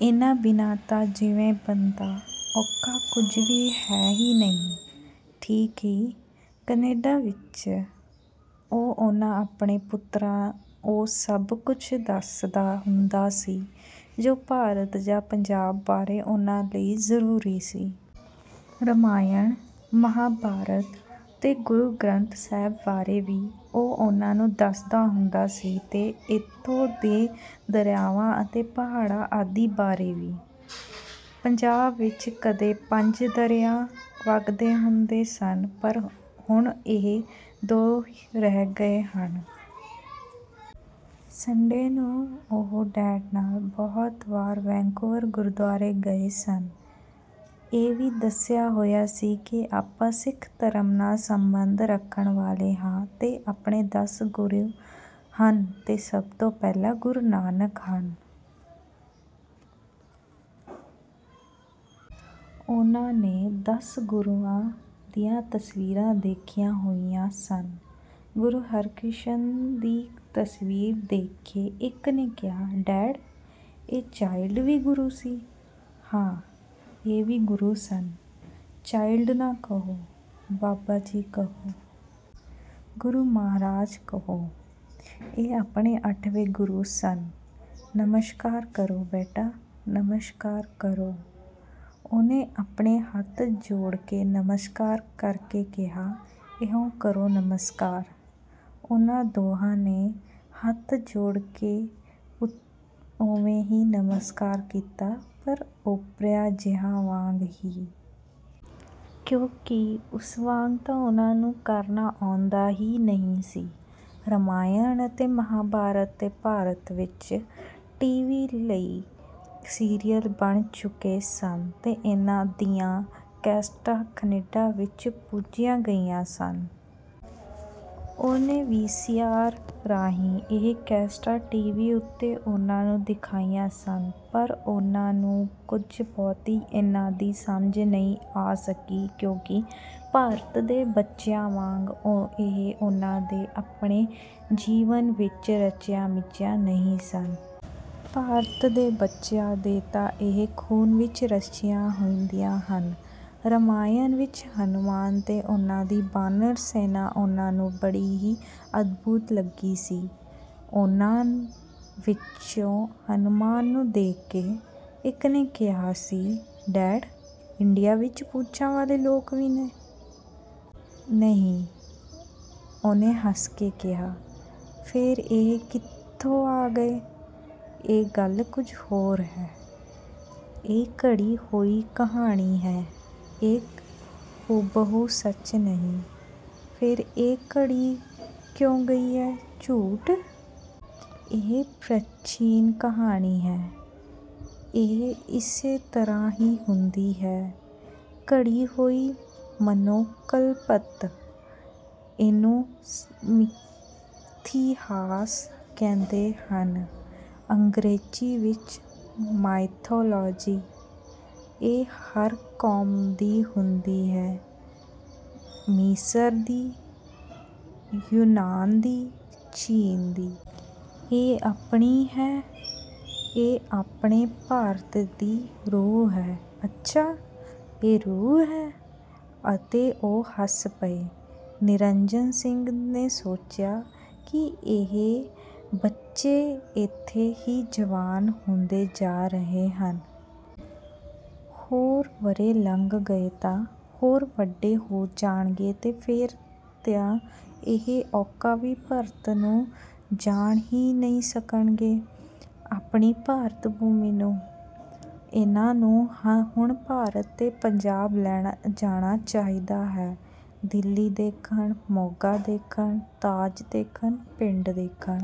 ਇਹਨਾਂ ਬਿਨਾਂ ਤਾਂ ਜਿਵੇਂ ਬੰਦਾ ਉਕਾ ਕੁਝ ਵੀ ਹੈ ਹੀ ਨਹੀਂ। ਠੀਕ ਹੀ, ਕੈਨੇਡਾ ਵਿਚ, ਉਹ ਇਹਨਾਂ ਆਪਣੇ ਪੁੱਤਰਾਂ ਨੂੰ ਉਹ ਸਭ ਕੁੱਝ ਦੱਸਦਾ ਹੁੰਦਾ ਸੀ ਜੋ ਭਾਰਤ ਜਾਂ ਪੰਜਾਬ ਬਾਰੇ ਉਹਨਾਂ ਲਈ ਜ਼ਰੂਰੀ ਸੀ। ਰਾਮਾਇਣ, ਮਹਾਂਭਾਰਤ ਤੇ ਗੁਰੂ ਗਰੰਥ ਸਾਹਿਬ ਬਾਰੇ ਵੀ ਉਹ ਉਹਨਾਂ ਨੂੰ ਦੱਸਦਾ ਹੁੰਦਾ ਸੀ ਤੇ ਏਥੋਂ ਦੇ ਦਰਿਆਵਾਂ ਅਤੇ ਪਹਾੜਾਂ ਆਦਿ ਬਾਰੇ ਵੀ। ਪੰਜਾਬ ਵਿਚ ਕਦੇ ਪੰਜ ਦਰਿਆ ਵੱਗਦੇ ਹੁੰਦੇ ਸਨ ਪਰ ਹੁਣ ਇਹ ਦੋ ਰਹਿ ਗਏ ਹਨ। ਸੰਡੇ ਨੂੰ ਉਹ ਡੈਡ ਨਾਲ ਬਹੁਤ ਵਾਰ ਵੈਨਕੂਵਰ ਗੁਰਦਵਾਰੇ ਗਏ ਸਨ। ਇਹ ਵੀ ਦੱਸਿਆ ਹੋਇਆ ਸੀ ਕਿ ਆਪਾਂ ਸਿੱਖ ਧਰਮ ਨਾਲ ਸੰਬੰਧ ਰੱਖਣ ਵਾਲੇ ਹਾਂ ਤੇ ਆਪਣੇ ਦਸ ਗੁਰੂ ਹਨ ਤੇ ਸਭ ਤੋਂ ਪਹਿਲੇ ਗੁਰੂ ਨਾਨਕ ਹਨ। ਉਹਨਾਂ ਨੇ ਦਸਾਂ ਗੁਰੂਆਂ ਦੀਆਂ ਤਸਵੀਰਾਂ ਵੀ ਦੇਖੀਆਂ ਹੋਈਆਂ ਸਨ। ਗੁਰੂ ਹਰਿਕ੍ਰਿਸ਼ਨ ਦੀ ਤਸਵੀਰ ਦੇਖ ਕੇ ਇੱਕ ਨੇ ਕਿਹਾ: "ਡੈਡ, ਇਹ ਚਾਈਲਡ ਵੀ ਗੁਰੂ ਸੀ? " "ਹਾਂ, ਇਹ ਵੀ ਗੁਰੂ ਸਨ। ਚਾਈਲਡ ਨਾ ਕਹੋ, ਬਾਬਾ ਜੀ ਕਹੋ। ਗੁਰੂ ਮਹਾਰਾਜ ਕਹੋ। ਇਹ ਆਪਣੇ ਅੱਠਵੇਂ ਗੁਰੂ ਸਨ। ਨਮਸਕਾਰ ਕਰੋ ਬੇਟਾ, ਨਮਸਕਾਰ ਕਰੋ। " ਉਹਨੇ ਆਪਣੇ ਹੱਥ ਜੋੜ ਕੇ ਨਮਸਕਾਰ ਕਰ ਕੇ ਕਿਹਾ, "ਇਉਂ ਕਰੋ ਨਮਸਕਾਰ। " ਉਹਨਾਂ ਦੋਹਾਂ ਨੇ ਹੱਥ ਜੋੜ ਕੇ ਉਵੇਂ ਹੀ ਨਮਸਕਾਰ ਕੀਤਾ ਪਰ ਓਪਰਿਆਂ ਜਿਹਾਂ ਵਾਂਗ ਹੀ। ਕਿਉਂਕਿ ਉਸ ਵਾਂਗ ਤਾਂ ਉਹਨਾਂ ਨੂੰ ਕਰਨਾ ਆਉਂਦਾ ਹੀ ਨਹੀਂ ਸੀ। ਰਾਮਾਇਣ ਅਤੇ ਮਹਾਂਭਾਰਤ ਦੇ ਭਾਰਤ ਵਿਚ ਟੀ. ਵੀ. ਲਈ ਸੀਰੀਅਲ ਬਣ ਚੁੱਕੇ ਸਨ ਤੇ ਇਹਨਾਂ ਦੀਆਂ ਕੈਸਟਾਂ ਕੈਨੇਡਾ ਵੀ ਪੁੱਜ ਗਈਆਂ ਸਨ। ਉਹਨੇ ਵੀ. ਸੀ. ਆਰ. ਰਾਹੀਂ ਇਹ ਕੈਸਟਾਂ ਟੀ. ਵੀ. ਉਤੇ ਉਹਨਾਂ ਨੂੰ ਦਿਖਾਈਆਂ ਸਨ ਪਰ ਉਹਨਾਂ ਨੂੰ ਕੁਝ ਬਹੁਤੀ ਇਹਨਾਂ ਦੀ ਸਮਝ ਨਹੀਂ ਆ ਸਕੀ ਸੀ ਕਿਉਂਕਿ ਭਾਰਤ ਦੇ ਬੱਚਿਆਂ ਵਾਂਗ ਇਹ ਉਹਨਾਂ ਦੇ ਆਪਣੇ ਜੀਵਨ ਵਿਚ ਰਚੀਆਂ ਮਿਚੀਆਂ ਨਹੀਂ ਸਨ। ਭਾਰਤ ਦੇ ਬੱਚਿਆਂ ਦੇ ਤਾਂ ਇਹ ਖੂਨ ਵਿਚ ਰਚੀਆਂ ਹੁੰਦੀਆਂ ਹਨ। ਰਾਮਾਇਣ ਵਿਚ ਹਨੂਮਾਨ ਤੇ ਉਹਨਾਂ ਦੀ ਬਾਨਰ ਸੈਨਾ ਉਹਨਾਂ ਨੂੰ ਬੜੀ ਹੀ ਅਦਭੁਤ ਲੱਗੀ ਸੀ। ਉਹਨਾਂ ਵਿਚੋਂ ਹਨੂਮਾਨ ਨੂੰ ਦੇਖ ਕੇ, ਇਕ ਨੇ ਕਿਹਾ ਸੀ: "ਡੈਡ, ਇੰਡੀਆ ਵਿਚ ਪੂਛਾਂ ਵਾਲੇ ਲੋਕ ਵੀ ਨੇ? " "ਨਹੀਂ"। ਉਹਨੇ ਹੱਸ ਕੇ ਕਿਹਾ? " "ਫੇਰ ਇਹ ਕਿਥੋਂ ਆ ਗਏ? " "ਇਹ ਗੱਲ ਕੁਝ ਹੋਰ ਹੈ। ਇਹ ਘੜੀ ਹੋਈ ਕਹਾਣੀ ਹੈ। ਇਹ ਹੁਬਹੂ ਸੱਚ ਨਹੀਂ। " "ਫੇਰ ਇਹ ਘੜੀ ਕਿਉਂ ਗਈ ਹੈ, ਝੂਠ? " "ਇਹ ਪ੍ਰਚੀਨ ਕਹਾਣੀ ਹੈ। ਇਹ ਇਸੇ ਤਰ੍ਹਾਂ ਹੀ ਹੁੰਦੀ ਹੈ। ਘੜੀ ਹੋਈ ਮਨੋਕਲਪਤ। ਇਹਨੂੰ ਮਿਥਿਹਾਸ ਕਹਿੰਦੇ ਹਨ। ਅੰਗਰੇਜ਼ੀ ਵਿਚ ਮਾਈਥਾਲੋਜੀ। ਇਹ ਹਰ ਕੌਮ ਦੀ ਹੁੰਦੀ ਹੈ। ਮਿਸਰ ਦੀ, ਯੂਨਾਨ ਦੀ, ਚੀਨ ਦੀ। ਇਹ ਆਪਣੀ ਹੈ। ਇਹ ਆਪਣੇ ਭਾਰਤ ਦੀ ਰੂਹ ਹੈ। " "ਅੱਛਾ, ਇਹ ਰੂਹ ਹੈ। " ਅਤੇ ਉਹ ਹੱਸ ਪਏ। ਨਿਰੰਜਨ ਸਿੰਘ ਨੇ ਸੋਚਿਆ ਕਿ ਇਹ ਬੱਚੇ ਏਥੇ ਹੀ ਜਵਾਨ ਹੁੰਦੇ ਜਾ ਰਹੇ ਹਨ। ਹੋਰ ਵਰ੍ਹੇ ਲੰਘ ਗਏ ਤਾਂ ਹੋਰ ਵੱਡੇ ਹੋ ਜਾਣਗੇ ਤੇ ਫੇਰ ਤਾਂ ਇਹ ਉਕਾ ਹੀ ਭਾਰਤ ਨੂੰ ਜਾਣ ਹੀ ਨਹੀਂ ਸਕਣਗੇ-ਆਪਣੀ ਮਾਤਰੀ-ਭੂਮੀ ਨੂੰ। ਇਹਨਾਂ ਨੂੰ ਹੁਣ ਭਾਰਤ ਤੇ ਪੰਜਾਬ ਲੈ ਜਾਣਾ ਚਾਹੀਦਾ ਹੈ। ਦਿੱਲੀ ਦੇਖਣ, ਮੋਗਾ ਦੇਖਣ, ਤਾਜ ਦੇਖਣ, ਪਿੰਡ ਦੇਖਣ।